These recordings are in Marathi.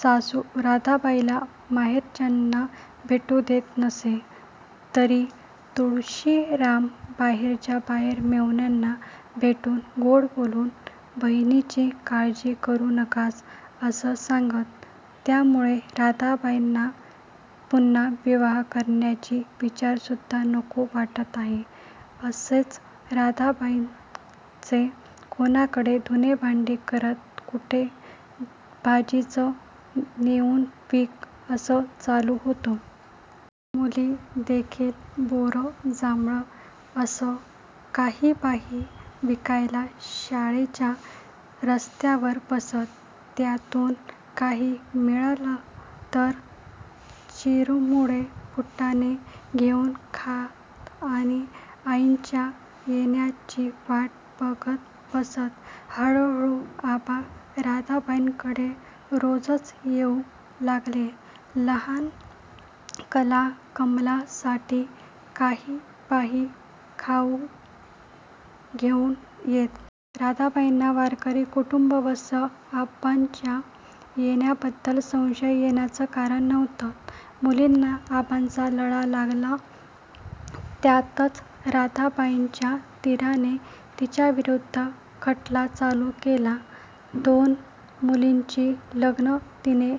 सासू राधाबाईला माहेरच्यांना भेटू देत नसे तरी तुळशीराम बाहेरच्या बाहेर मेव्हण्यांना भेटून, गोड बोलून "बहिणीची काळजी करू नका", असं सांगत. त्यामुळे राधाबाईला पुन्हा विवाह करण्याचा विचारसुद्धा नको वाटत असे. असेच राधाबाईचे कोणाकडे धुणी-भांडी कर, कुठे भाजीच नेऊन विक, असे चालू होते. मुली देखील बोरं- जांभळं असं काहीबाही विकायला शाळेच्या रस्त्यावर बसत. त्यातून काही मिळालं तर चुरमुरे फुटाणे घेऊन खात आणि आईच्या येण्याची वाट बघत बसत. हळू हळू आबा राधाबाईकडे रोजच येऊ लागले. लहान कला-कमला साठी काहीबाही खाऊ घेऊन येत. राधाबाईलाही वारकरी, कुटुंबवत्सल आबांच्या येण्याबद्दल संशय येण्याचं कारण नव्हतं. मुलींना आबांचा लळा लागला. त्यातच राधाबाईच्या दिराने तिच्याविरुद्ध खटला चालू केला. दोन मुलींची लग्न तिने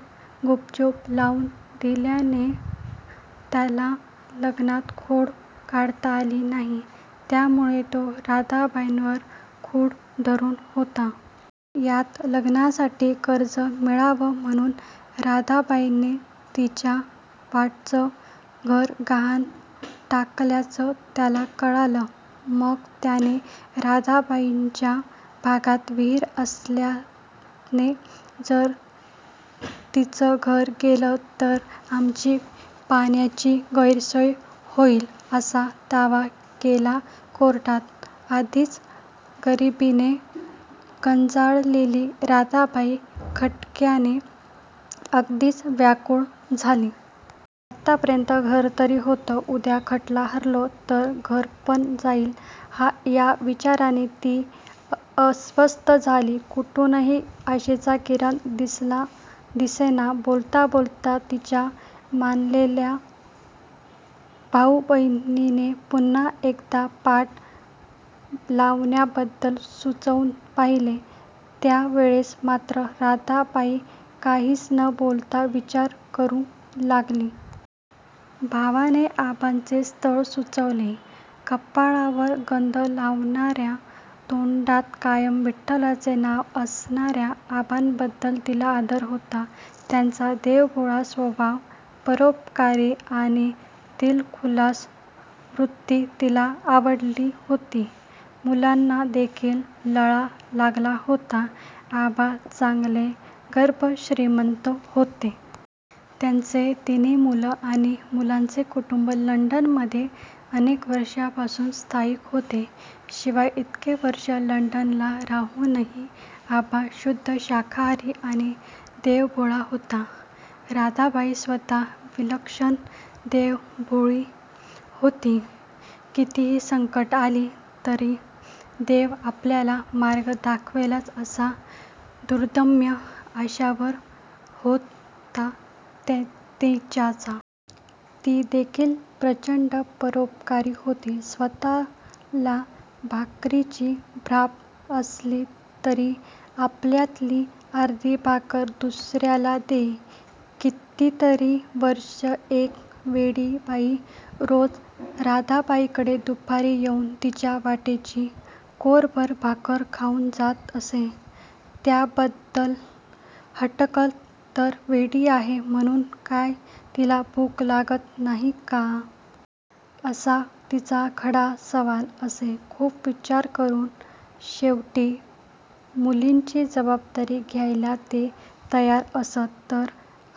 गुपचूप लावून दिल्याने त्याला लग्नात खोड काढता आली नाही, त्यामुळे तो राधाबाईवर डूख धरून होता. त्यात लग्नासाठी कर्ज मिळावं म्हणून राधाबाईने तिच्या वाटचं घर गहाण टाकल्याचं त्याला कळलं. मग त्याने राधाबाईच्या भागात विहीर असल्याने जर तिचं घर गेलं तर आमची पाण्याची गैरसोय होईल, असा दावा केला कोर्टात. आधीच गरिबीने भंजाळलेली राधाबाई खटल्याने अगदीच व्याकुळ झाली. आतापर्यंत घर तरी होतं. उद्या खटला हरलो तर घर पण जाईल, या विचाराने ती अस्वस्थ झाली. कुठूनच आशेचा किरण दिसेना. बोलता बोलता तिच्या मानलेल्या भाऊ-वाहिनीने पुन्हा एकदा पाट लावण्याबद्दल सुचवून पहिले. यावेळेस मात्र राधाबाई काहीच न बोलता विचार करू लागली. भावाने आबांचं स्थळ सुचवलं. कपाळावर गंध लावणाऱ्या, तोंडात कायम विठ्ठलाचं नाव असणाऱ्या आबांबद्दल तिला आदर होता. त्यांचा देवभोळा स्वभाव, परोपकारी आणि दिलखुलास वृत्ती तिला आवडली होती. मुलींना देखील लळा लागला होता. आबा चांगले गर्भश्रीमंत होते. त्यांचे तिन्ही मुलं आणि मुलांचं कुटुंब लंडन मध्ये अनेक वर्षांपासून स्थायिक होते. शिवाय इतकी वर्षं लंडनला राहूनही आबा शुद्ध शाकाहारी आणि देवभोळे होते. राधाबाई स्वतः विलक्षण देवभोळी होती. कितीही संकटं आली तरी देव आपल्याला मार्ग दाखवेलच, असा दुर्दम्य आशावाद होता तिच्यात. ती देखील प्रचंड परोपकारी होती. स्वतःला भाकरीची भ्रांत असली तरी आपल्यातली अर्धी भाकरी ती दुसऱ्याला देई. कितीतरी वर्षं एक वेडी बाई रोज राधाबाईकडे दुपारी येऊन तिच्या वाटची कोरभर भाकर खाऊन जात असे. त्याबद्दल हटकलं तर 'वेडी आहे म्हणून काय तिला भूक नाही लागत का? " असा तिचा खडा सवाल असे. खूप विचार करून शेवटी मुलींची जबाबदारी घ्यायला ते तयार असले, तर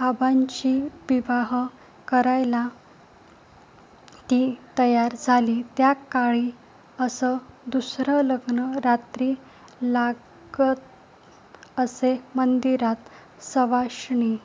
आबांशी विवाह करायला ती तयार झाली. त्याकाळी असं दुसरं लग्न रात्री लागत असे मंदिरांत. सवाष्णी